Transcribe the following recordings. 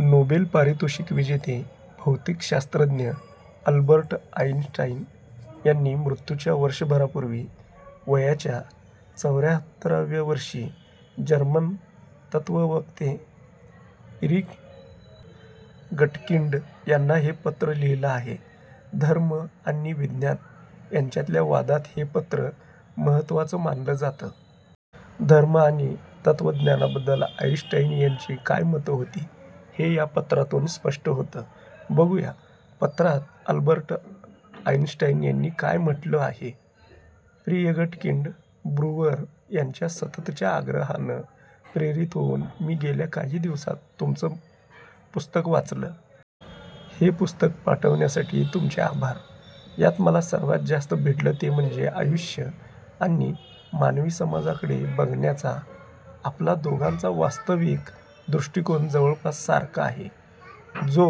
Nobel पारितोषिक विजेते भौतिक शास्त्रज्ञ अल्बर्ट आईनस्टाईन यांनी मृत्यूच्या वर्षभरापूर्वी वयाच्या चौऱ्याहत्तर व्या वर्षी जर्मन तत्त्ववत्ते इरिक गटकिंड यांना हे पत्र लिहिलं आहे. धर्म आणि विज्ञान यांच्यातल्या वादात हे पत्र महत्त्वाचं मानलं जातं. धर्म आणि तत्त्वज्ञानाबद्दल आईनस्टाईन यांची काय मतं होती, हे या पत्रातून स्पष्ट होतं. बघूया पत्रात अल्बर्ट आईनस्टाईन यांनी काय म्हटलं आहे. प्रियगटकिंड, ब्रुवर यांच्या सततच्या आग्रहानं प्रेरित होऊन मी गेल्या काही दिवसात तुमचं पुस्तक वाचलं. हे पुस्तक पाठवण्यासाठी तुमचे आभार. यात मला सर्वांत जास्त भिडलं ते म्हणजे आयुष्य आणि मानवी समाजाकडे बघण्याचा आपला दोघांचा वास्तविक दृष्टिकोन जवळपास सारखा आहे. जो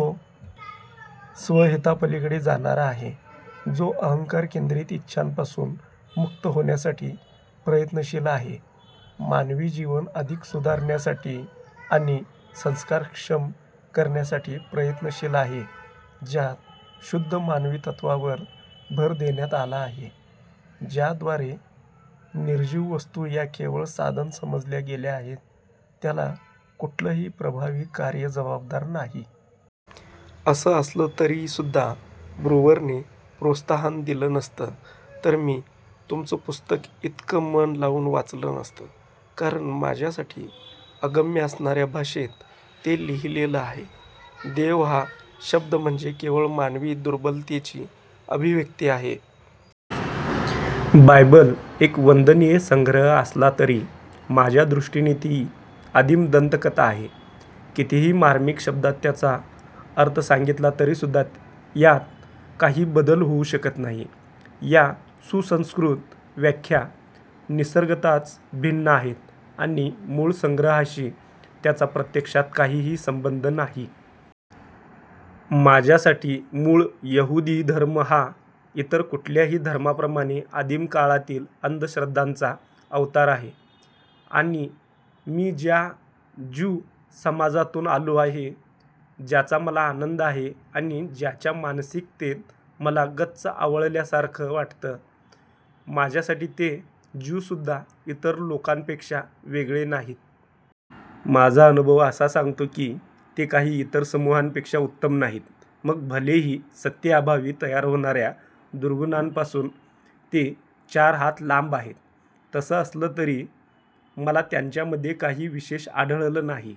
स्वहितापलिकडे जाणारा आहे, जो अहंकार केंद्रित इच्छांपासून मुक्त होण्यासाठी प्रयत्नशील आहे, मानवी जीवन अधिक सुधारण्यासाठी आणि संस्कारक्षम करण्यासाठी प्रयत्नशील आहे, ज्यात शुद्ध मानवी तत्त्वावर भर देण्यात आला आहे, ज्याद्वारे निर्जीव वस्तू या केवळ साधन समजल्या गेल्या आहेत, ज्याला कुठलंही प्रभावी कार्य जबाबदार नाही. असं असलं तरीसुद्धा ब्रुवरने प्रोत्साहन दिलं नसतं तर मी तुमचं पुस्तक इतकं मन लावून वाचलं नसतं. कारण माझ्यासाठी अगम्य असणाऱ्या भाषेत ते लिहिलेलं आहे. देव हा शब्द म्हणजे केवळ मानवी दुर्बलतेची अभिव्यक्ती आहे. बायबल एक वंदनीय संग्रह असला तरी माझ्या दृष्टीने ती आदीम दंतकथा आहे. कितीही मार्मिक शब्दांत त्याचा अर्थ सांगितला तरीसुद्धा यात काही बदल होऊ शकत नाही. या सुसंस्कृत व्याख्या निसर्गतःच भिन्न आहेत आणि मूळ संग्रहाशी त्याचा प्रत्यक्षात काहीही संबंध नाही. माझ्यासाठी मूळ यहुदी धर्म हा इतर कुठल्याही धर्माप्रमाणे आदीम काळातील अंधश्रद्धांचा अवतार आहे. आणि मी ज्या ज्यू समाजातून आलो आहे ज्याचा मला आनंद आहे आणि ज्यांच्या मानसिकतेत मला गच्च आवळल्यासारखं वाटतं, माझ्यासाठी ते ज्यूसुद्धा इतर लोकांपेक्षा वेगळे नाहीत. माझा अनुभव असा सांगतो की ते काही इतर समूहांपेक्षा उत्तम नाहीत. मग भलेही सत्तेअभावी तयार होणाऱ्या दुर्गणांपासून ते चार हात लांब आहेत. तसं असलं तरी मला त्यांच्यामध्ये काही विशेष आढळलं नाही.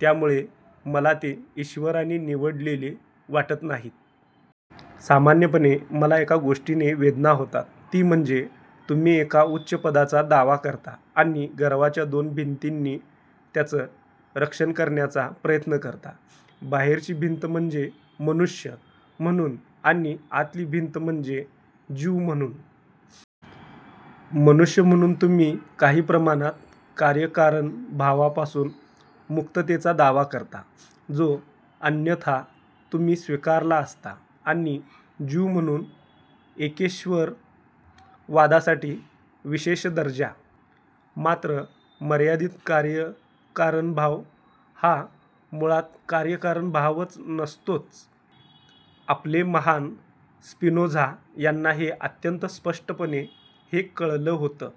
त्यामुळे मला ते 'ईश्वराने निवडलेले' वाटत नाहीत. सामान्यपणे मला एका गोष्टीने वेदना होतात ती म्हणजे तुम्ही एका उच्चपदाचा दावा करता आणि गर्वाच्या दोन भिंतींनी त्याचं रक्षण करण्याचा प्रयत्न करता. बाहेरची भिंत म्हणजे मनुष्य म्हणून आणि आतली भिंत म्हणजे ज्यू म्हणून. मनुष्य म्हणून तुम्ही, काही प्रमाणात, कार्यकारणभावापासून मुक्ततेचा दावा करता, जो अन्यथा तुम्ही स्वीकारला असता आणि ज्यू म्हणून एकेश्वरवादासाठी विशेष दर्जा. मात्र मर्यादित कार्यकारणभाव हा मुळात कार्यकारणभावच नसतोच. आपले महान स्पिनोझा यांना हे अत्यंत स्पष्टपणे हे कळलं होतं.